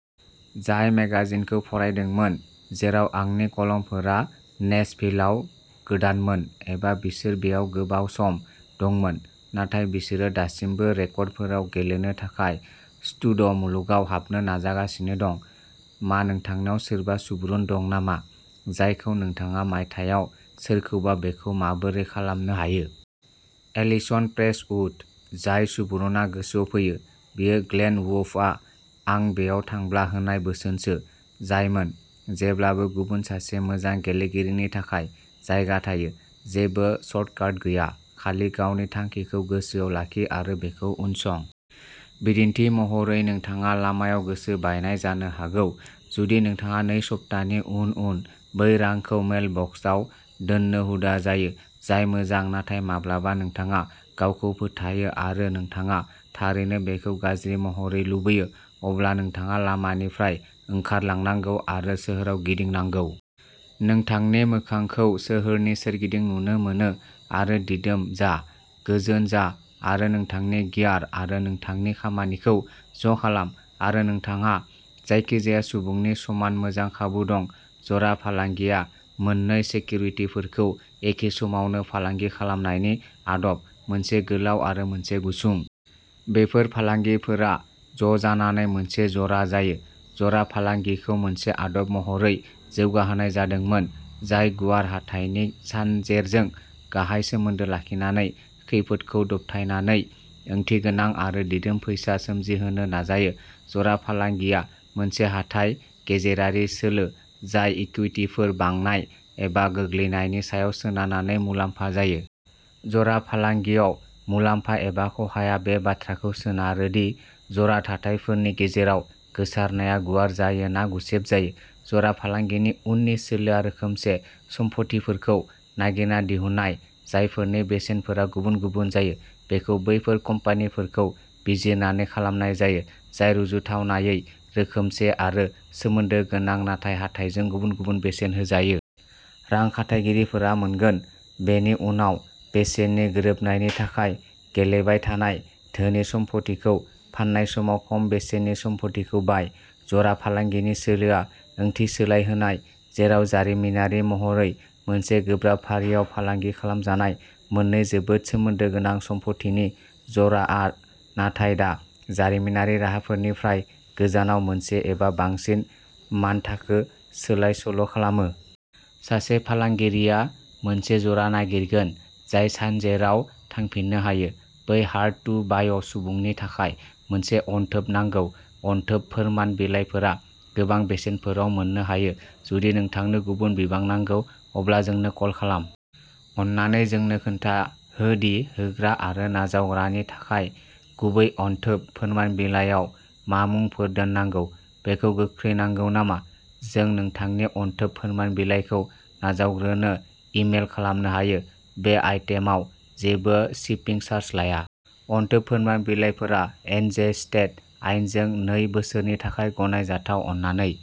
जाय मेगाजिनखौ फरायदोंमोन, जेराव आंनि कलमफोरा नेसभिलआव गोदानमोन एबा बिसोर बेयाव गोबाव सम दंमोन, नाथाय बिसोरो दासिमबो रेकर्डफोराव गेलेनो थाखाय स्टुड'मुलुगाव हाबनो नाजागासिनो दं। मा नोंथांनाव सोरबा सुबुरुन दं नामा, जायखौ नोंथाङा मायथाइयाव सोरखौबा बेखौ माबोरै खालामनो हायो? एलिसन प्रेस्टउड जाय सुबुरुनआ गोसोआव फैयो, बेयो ग्लेन वर्फआ आं बेयाव थांब्ला होनाय बोसोनसो, जायमोन जेब्लाबो गुबुन सासे मोजां गेलेगिरिनि थाखाय जायगा थायो। जेबो सर्टकाट गैया खालि गावनि थांखिखौ गोसोआव लाखि आरो बेखौ उनसं। बिदिन्थि महरै, नोंथाङा लामायाव गोसो बायनाय जानो हागौ जुदि नोंथाङा नै सप्तानि उन उन बै रांखौ मेल बक्सआव दोननो हुदा जायो, जाय मोजां नाथाय माब्लाबा नोंथाङा गावखौ फोथायो आरो नोंथाङा थारैनो बेखौ गाज्रि महरै लुबैयो, अब्ला नोंथाङा लामानिफ्राय ओंखारलांनांगौ आरो सोहोराव गिदिंनांगौ। नोंथांनि मोखांखौ सोहोरनि सोरगिदिं नुनो मोनो आरो दिदोम जा, गोजोन जा आरो नोंथांनि गियार आरो नोंथांनि खामानिखौ ज' खालाम आरो नोंथांहा जायखिजाया सुबुंनि समान मोजां खाबु दं। जरा फालांगिआ मोननै सेकिउरिटिफोरखौ एखे समावनो फालांगि खालामनायनि आदब, मोनसे गोलाव आरो मोनसे गुसुं। बेफोर फालांगिफोरा ज' जानानै मोनसे जरा जायो। जरा फालांगिखौ मोनसे आदब महरै जौगाहोनाय जादोंमोन जाय गुवार हाथाइनि सानजेरजों गाहाय सोमोन्दो लाखिनानै खैफोदखौ दबथायनानै ओंथिगोनां आरो दिदोम फैसा सोमजिहोनो नाजायो। जरा फालांगिआ मोनसे हाथाइ गेजेरारि सोलो, जाय इकुइटिफोर बांनाय एबा गोग्लैनायनि सायाव सोनारनानै मुलाम्फा जायो। जरा फालांगियाव मुलाम्फा एबा खहाया बे बाथ्राखौ सोनारो दि जरा थाथायफोरनि गेजेराव गोसारनाया गुवार जायो ना गुसेब जायो। जरा फालांगिनि उननि सोलोआ रोखोमसे सम्फथिफोरखौ नागिरना दिहुननाय, जायफोरनि बेसेनफोरा गुबुन-गुबुन जायो। बेखौ बैफोर कम्पानिफोरखौ बिजिरनानै खालामनाय जायो, जाय रुजुथावनायै रोखोमसे आरो सोमोन्दो गोनां नाथाय हाथाइजों गुबुन-गुबुन बेसेन होजायो। रां खाथायगिरिफोरा मोनगोन। बेनि उनाव बेसेननि गोरोबनायनि थाखाय गेलेबाय थानाय धोनि सम्फथिखौ फान्नाय समाव खम बेसेननि सम्फथिखौ बाय। जरा फालांगिनि सोलोआ ओंथि सोलायहोनाय। जेराव जारिमिनारि महरै मोनसे गोब्राब फारियाव फालांगि खालामजानाय मोननै जोबोद सोमोन्दो गोनां सम्फथिनि जराआ नाथाय दा जारिमिनारि राहाफोरनिफ्राय गोजानाव मोनसे एबा बांसिन मानथाखो सोलायसोल'खालामो। सासे फालांगिरिया मोनसे जरा नागिरगोन जाय सानजेराव थांफिननो हायो। बै हार्ड टु बाय' सुबुंनि थाखाय मोनसे अनथोब नांगौ? अनथोब फोरमान बिलाइफोरा गोबां बेसेनफोराव मोननो हायो जुदि नोंथांनो गुबुन बिबां नांगौ, अब्ला जोंनो कल खालाम। अननानै जोंनो खोन्था हो दि होग्रा आरो नाजावग्रानि थाखाय गुबै अनथोब फोरमान बिलाइयाव मा मुंफोर दोननांगौ। बेखौ गोख्रै नांगौ नामा? जों नोंथांनि अनथोब फोरमान बिलाइखौ नाजावग्रानो इमेल खालामनो हायो। बे आइटेमआव जेबो शिपिं चार्ज लाया। अनथोब फोरमान बिलाइफोरा एनजे स्टेट आयेनजों नै बोसोरनि थाखाय गनायजाथाव अननानै।